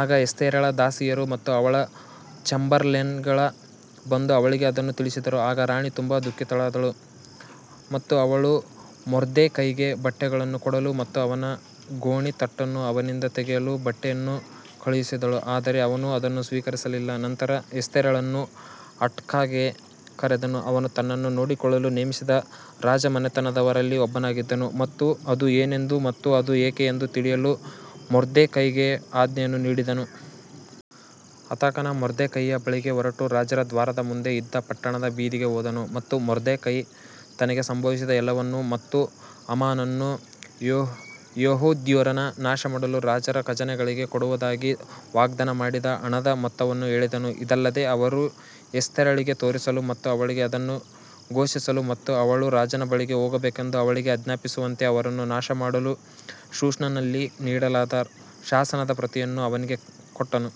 ಆಗ ಎಸ್ತೇರಳ ದಾಸಿಯರು ಮತ್ತು ಅವಳ ಚೇಂಬರ್ಲೇನ್ಗಳು ಬಂದು ಅವಳಿಗೆ ಅದನ್ನು ತಿಳಿಸಿದರು ಆಗ ರಾಣಿ ತುಂಬಾ ದುಃಖಿತಳಾದಳು ಮತ್ತು ಅವಳು ಮೊರ್ದೆಕೈಗೆ ಬಟ್ಟೆಗಳನ್ನು ಕೊಡಲು ಮತ್ತು ಅವನ ಗೋಣೀತಟ್ಟನ್ನು ಅವನಿಂದ ತೆಗೆಯಲು ಬಟ್ಟೆಯನ್ನು ಕಳುಹಿಸಿದಳು ಆದರೆ ಅವನು ಅದನ್ನು ಸ್ವೀಕರಿಸಲಿಲ್ಲ. ನಂತರ ಎಸ್ತೇರಳನ್ನು ಹಟಾಕ್ಗೆ ಕರೆದನು, ಅವನು ತನ್ನನ್ನು ನೋಡಿಕೊಳ್ಳಲು ನೇಮಿಸಿದ ರಾಜಮನೆತನದವರಲ್ಲಿ ಒಬ್ಬನಾಗಿದ್ದನು ಮತ್ತು ಅದು ಏನೆಂದು ಮತ್ತು ಅದು ಏಕೆ ಎಂದು ತಿಳಿಯಲು ಮೊರ್ದೆಕೈಗೆ ಆಜ್ಞೆಯನ್ನು ನೀಡಿದನು. ಹತಾಕನು ಮೊರ್ದೆಕೈಯ ಬಳಿಗೆ ಹೊರಟು ರಾಜರ ದ್ವಾರದ ಮುಂದೆ ಇದ್ದ ಪಟ್ಟಣದ ಬೀದಿಗೆ ಹೋದನು. ಮತ್ತು ಮೊರ್ದೆಕೈ ತನಗೆ ಸಂಭವಿಸಿದ ಎಲ್ಲವನ್ನೂ ಮತ್ತು ಹಾಮಾನನು ಯೆಹೂದ್ಯರನ್ನು ನಾಶಮಾಡಲು ರಾಜರ ಖಜಾನೆಗಳಿಗೆ ಕೊಡುವುದಾಗಿ ವಾಗ್ದಾನ ಮಾಡಿದ ಹಣದ ಮೊತ್ತವನ್ನು ಹೇಳಿದನು. ಇದಲ್ಲದೆ ಅವರು ಎಸ್ತೇರಳಿಗೆ ತೋರಿಸಲು ಮತ್ತು ಅವಳಿಗೆ ಅದನ್ನು ಘೋಷಿಸಲು ಮತ್ತು ಅವಳು ರಾಜನ ಬಳಿಗೆ ಹೋಗಬೇಕೆಂದು ಅವಳಿಗೆ ಆಜ್ಞಾಪಿಸುವಂತೆ ಅವರನ್ನು ನಾಶಮಾಡಲು ಶೂಷನ್ನಲ್ಲಿ ನೀಡಲಾದ ಶಾಸನದ ಪ್ರತಿಯನ್ನು ಅವನಿಗೆ ಕೊಟ್ಟನು.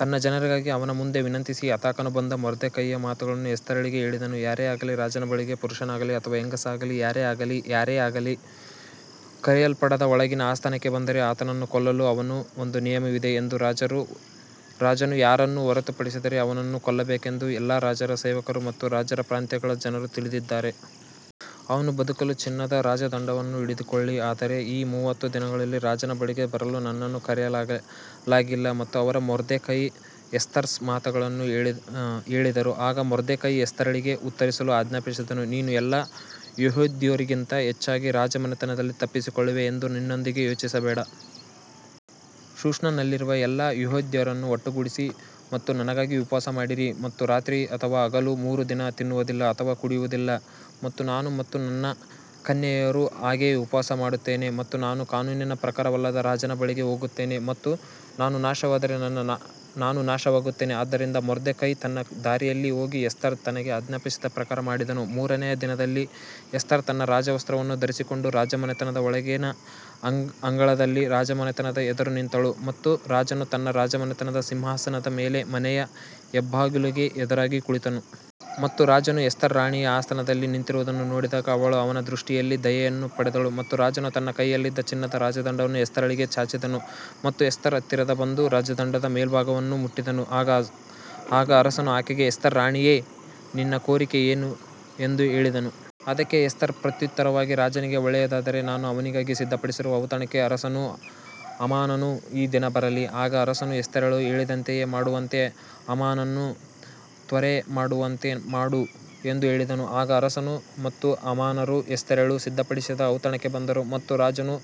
ತನ್ನ ಜನರಿಗಾಗಿ ಅವನ ಮುಂದೆ ವಿನಂತಿಸಿ ಹತಾಕನು ಬಂದು ಮೊರ್ದೆಕೈಯ ಮಾತುಗಳನ್ನು ಎಸ್ತೇರಳಿಗೆ ಹೇಳಿದನು ಯಾರೇ ಆಗಲಿ ರಾಜನ ಬಳಿಗೆ ಪುರುಷನಾಗಲಿ ಅಥವಾ ಹೆಂಗಸಾಗಲಿ ಯಾರೇ ಆಗಲಿ ಯಾರೇ ಆಗಲಿ ಕರೆಯಲ್ಪಡದ ಒಳಗಿನ ಆಸ್ಥಾನಕ್ಕೆ ಬಂದರೆ ಆತನನ್ನು ಕೊಲ್ಲಲು ಅವನ ಒಂದು ನಿಯಮವಿದೆ ಎಂದು ರಾಜನು ಯಾರನ್ನು ಹೊರತುಪಡಿಸಿದರೆ ಅವನನ್ನು ಕೊಲ್ಲಬೇಕೆಂದು ಎಲ್ಲಾ ರಾಜರ ಸೇವಕರು ಮತ್ತು ರಾಜರ ಪ್ರಾಂತ್ಯಗಳ ಜನರು ತಿಳಿದಿದ್ದಾರೆ. ಅವನು ಬದುಕಲು ಚಿನ್ನದ ರಾಜದಂಡವನ್ನು ಹಿಡಿದುಕೊಳ್ಳಿ ಆದರೆ ಈ ಮೂವತ್ತು ದಿನಗಳಲ್ಲಿ ರಾಜನ ಬಳಿಗೆ ಬರಲು ನನ್ನನ್ನು ಕರೆಯಲಾಗಿಲ್ಲ ಮತ್ತು ಅವರು ಮೊರ್ದೆಕೈ ಎಸ್ತರ್ಸ್ ಮಾತುಗಳನ್ನು ಹೇಳಿದರು ಆಗ ಮೊರ್ದೆಕೈ ಎಸ್ತೇರಳಿಗೆ ಉತ್ತರಿಸಲು ಆಜ್ಞಾಪಿಸಿದನು, ನೀನು ಎಲ್ಲಾ ಯೆಹೂದ್ಯರಿಗಿಂತ ಹೆಚ್ಚಾಗಿ ರಾಜಮನೆತನದಲ್ಲಿ ತಪ್ಪಿಸಿಕೊಳ್ಳುವೆ ಎಂದು ನಿನ್ನೊಂದಿಗೆ ಯೋಚಿಸಬೇಡ. ಶೂಷನ್ನಲ್ಲಿರುವ ಎಲ್ಲಾ ಯೆಹೂದ್ಯರನ್ನು ಒಟ್ಟುಗೂಡಿಸಿ ಮತ್ತು ನನಗಾಗಿ ಉಪವಾಸ ಮಾಡಿರಿ ಮತ್ತು ರಾತ್ರಿ ಅಥವಾ ಹಗಲು ಮೂರು ದಿನ ತಿನ್ನುವುದಿಲ್ಲ ಅಥವಾ ಕುಡಿಯುವುದಿಲ್ಲ ಮತ್ತು ನಾನು ಮತ್ತು ನನ್ನ ಕನ್ಯೆಯರು ಹಾಗೆಯೇ ಉಪವಾಸ ಮಾಡುತ್ತೇನೆ ಮತ್ತು ನಾನು ಕಾನೂನಿನ ಪ್ರಕಾರವಲ್ಲದ ರಾಜನ ಬಳಿಗೆ ಹೋಗುತ್ತೇನೆ. ಮತ್ತು ನಾನು ನಾಶವಾದರೆ ನಾನು ನಾಶವಾಗುತ್ತೇನೆ ಆದ್ದರಿಂದ ಮೊರ್ದೆಕೈ ತನ್ನ ದಾರಿಯಲ್ಲಿ ಹೋಗಿ ಎಸ್ತರ್ ತನಗೆ ಆಜ್ಞಾಪಿಸಿದ ಪ್ರಕಾರ ಮಾಡಿದನು ಮೂರನೆಯ ದಿನದಲ್ಲಿ ಎಸ್ತರ್ ತನ್ನ ರಾಜವಸ್ತ್ರವನ್ನು ಧರಿಸಿಕೊಂಡು ರಾಜಮನೆತನದ ಒಳಗಿನ ಅಂಗಳದಲ್ಲಿ ರಾಜಮನೆತನದ ಎದುರು ನಿಂತಳು ಮತ್ತು ರಾಜನು ತನ್ನ ರಾಜಮನೆತನದ ಸಿಂಹಾಸನದ ಮೇಲೆ ಮನೆಯ ಹೆಬ್ಬಾಗಿಲುಗೆ ಎದುರಾಗಿ ಕುಳಿತನು. ಮತ್ತು ರಾಜನು ಎಸ್ತರ್ ರಾಣಿಯು ಆಸ್ಥಾನದಲ್ಲಿ ನಿಂತಿರುವುದನ್ನು ನೋಡಿದಾಗ ಅವಳು ಅವನ ದೃಷ್ಟಿಯಲ್ಲಿ ದಯೆಯನ್ನು ಪಡೆದಳು ಮತ್ತು ರಾಜನು ತನ್ನ ಕೈಯಲ್ಲಿದ್ದ ಚಿನ್ನದ ರಾಜದಂಡವನ್ನು ಎಸ್ತೇರಳಿಗೆ ಚಾಚಿದನು ಮತ್ತು ಎಸ್ತರ್ ಹತ್ತಿರ ಬಂದು ರಾಜದಂಡದ ಮೇಲ್ಭಾಗವನ್ನು ಮುಟ್ಟಿದನು. ಆಗ ಅರಸನು ಆಕೆಗೆ ಎಸ್ತೇರ್ ರಾಣಿಯೇ, ನಿನ್ನ ಕೋರಿಕೆ ಏನು ಎಂದು ಹೇಳಿದನು. ಅದಕ್ಕೆ ಎಸ್ತೇರ್ ಪ್ರತ್ಯುತ್ತರವಾಗಿ ರಾಜನಿಗೆ ಒಳ್ಳೆಯದಾದರೆ ನಾನು ಅವನಿಗಾಗಿ ಸಿದ್ಧಪಡಿಸಿರುವ ಔತಣಕ್ಕೆ ಅರಸನೂ ಹಾಮಾನನೂ ಈ ದಿನ ಬರಲಿ. ಆಗ ಅರಸನು ಎಸ್ತೇರಳು ಹೇಳಿದಂತೆಯೇ ಮಾಡುವಂತೆ ಹಾಮಾನನನ್ನು ತ್ವರೆಮಾಡುವಂತೆ ಮಾಡು ಎಂದು ಹೇಳಿದನು, ಆಗ ಅರಸನು ಮತ್ತು ಹಾಮಾನರು ಎಸ್ತೇರಳು ಸಿದ್ಧಪಡಿಸಿದ್ದ ಔತಣಕ್ಕೆ ಬಂದರು. ಮತ್ತು ರಾಜನು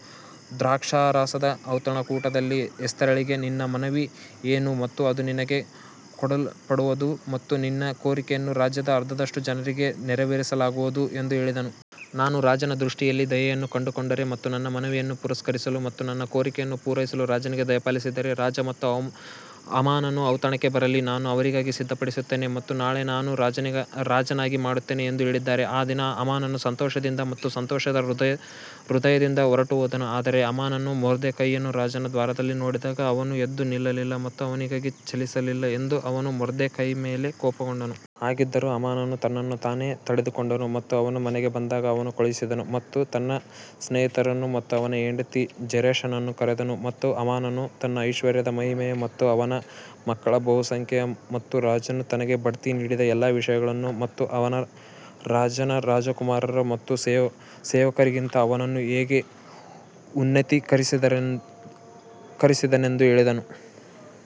ದ್ರಾಕ್ಷಾರಸದ ಔತಣಕೂಟದಲ್ಲಿ ಎಸ್ತೇರಳಿಗೆ ನಿನ್ನ ಮನವಿ ಏನು ಮತ್ತು ಅದು ನಿನಗೆ ಕೊಡಲ್ಪಡುವುದು ಮತ್ತು ನಿನ್ನ ಕೋರಿಕೆಯನ್ನು ರಾಜ್ಯದ ಅರ್ಧದಷ್ಟು ಜನರಿಗೆ ನೆರವೇರಿಸಲಾಗುವುದು ಎಂದು ಹೇಳಿದನು. ನಾನು ರಾಜನ ದೃಷ್ಟಿಯಲ್ಲಿ ದಯೆಯನ್ನು ಕಂಡುಕೊಂಡರೆ ಮತ್ತು ನನ್ನ ಮನವಿಯನ್ನು ಪುರಸ್ಕರಿಸಲು ಮತ್ತು ನನ್ನ ಕೋರಿಕೆಯನ್ನು ಪೂರೈಸಲು ರಾಜನಿಗೆ ದಯಪಾಲಿಸಿದರೆ ರಾಜ ಮತ್ತು ಹಾಮಾನನು ಔತಣಕ್ಕೆ ಬರಲಿ, ನಾನು ಅವರಿಗಾಗಿ ಸಿದ್ಧಪಡಿಸುತ್ತೇನೆ ಮತ್ತು ನಾಳೆ ನಾನು ರಾಜನಾಗಿ ಮಾಡುತ್ತೇನೆ. ಎಂದು ಹೇಳಿದ್ದಾರೆ ಆ ದಿನ ಹಾಮಾನನು ಸಂತೋಷದಿಂದ ಮತ್ತು ಸಂತೋಷದ ಹೃದಯದಿಂದ ಹೊರಟುಹೋದನು ಆದರೆ ಹಾಮಾನನು ಮೊರ್ದೆಕೈಯನ್ನು ರಾಜನ ದ್ವಾರದಲ್ಲಿ ನೋಡಿದಾಗ ಅವನು ಎದ್ದು ನಿಲ್ಲಲಿಲ್ಲ ಮತ್ತು ಅವನಿಗಾಗಿ ಚಲಿಸಲಿಲ್ಲ ಎಂದು ಅವನು ಮೊರ್ದೆಕೈಯ ಮೇಲೆ ಕೋಪಗೊಂಡನು. ಹಾಗಿದ್ದರೂ ಹಾಮಾನನು ತನ್ನನ್ನು ತಾನೇ ತಡೆದುಕೊಂಡನು ಮತ್ತು ಅವನು ಮನೆಗೆ ಬಂದಾಗ ಅವನು ಕಳುಹಿಸಿದನು ಮತ್ತು ತನ್ನ ಸ್ನೇಹಿತರನ್ನು ಮತ್ತು ಅವನ ಹೆಂಡತಿ ಜೆರೆಷನನ್ನು ಕರೆದನು. ಮತ್ತು ಹಾಮಾನನು ತನ್ನ ಐಶ್ವರ್ಯದ ಮಹಿಮೆ ಮತ್ತು ಅವನ ಮಕ್ಕಳ ಬಹುಸಂಖ್ಯೆಯ ಮತ್ತು ರಾಜನು ತನಗೆ ಬಡ್ತಿ ನೀಡಿದ ಎಲ್ಲಾ ವಿಷಯಗಳನ್ನು ಮತ್ತು ಅವನು ರಾಜನ ರಾಜಕುಮಾರರು ಮತ್ತು ಸೇವಕರಿಗಿಂತ ಅವನನ್ನು ಹೇಗೆ ಉನ್ನತೀಕರಿಸಿದನೆಂದು ಹೇಳಿದನು.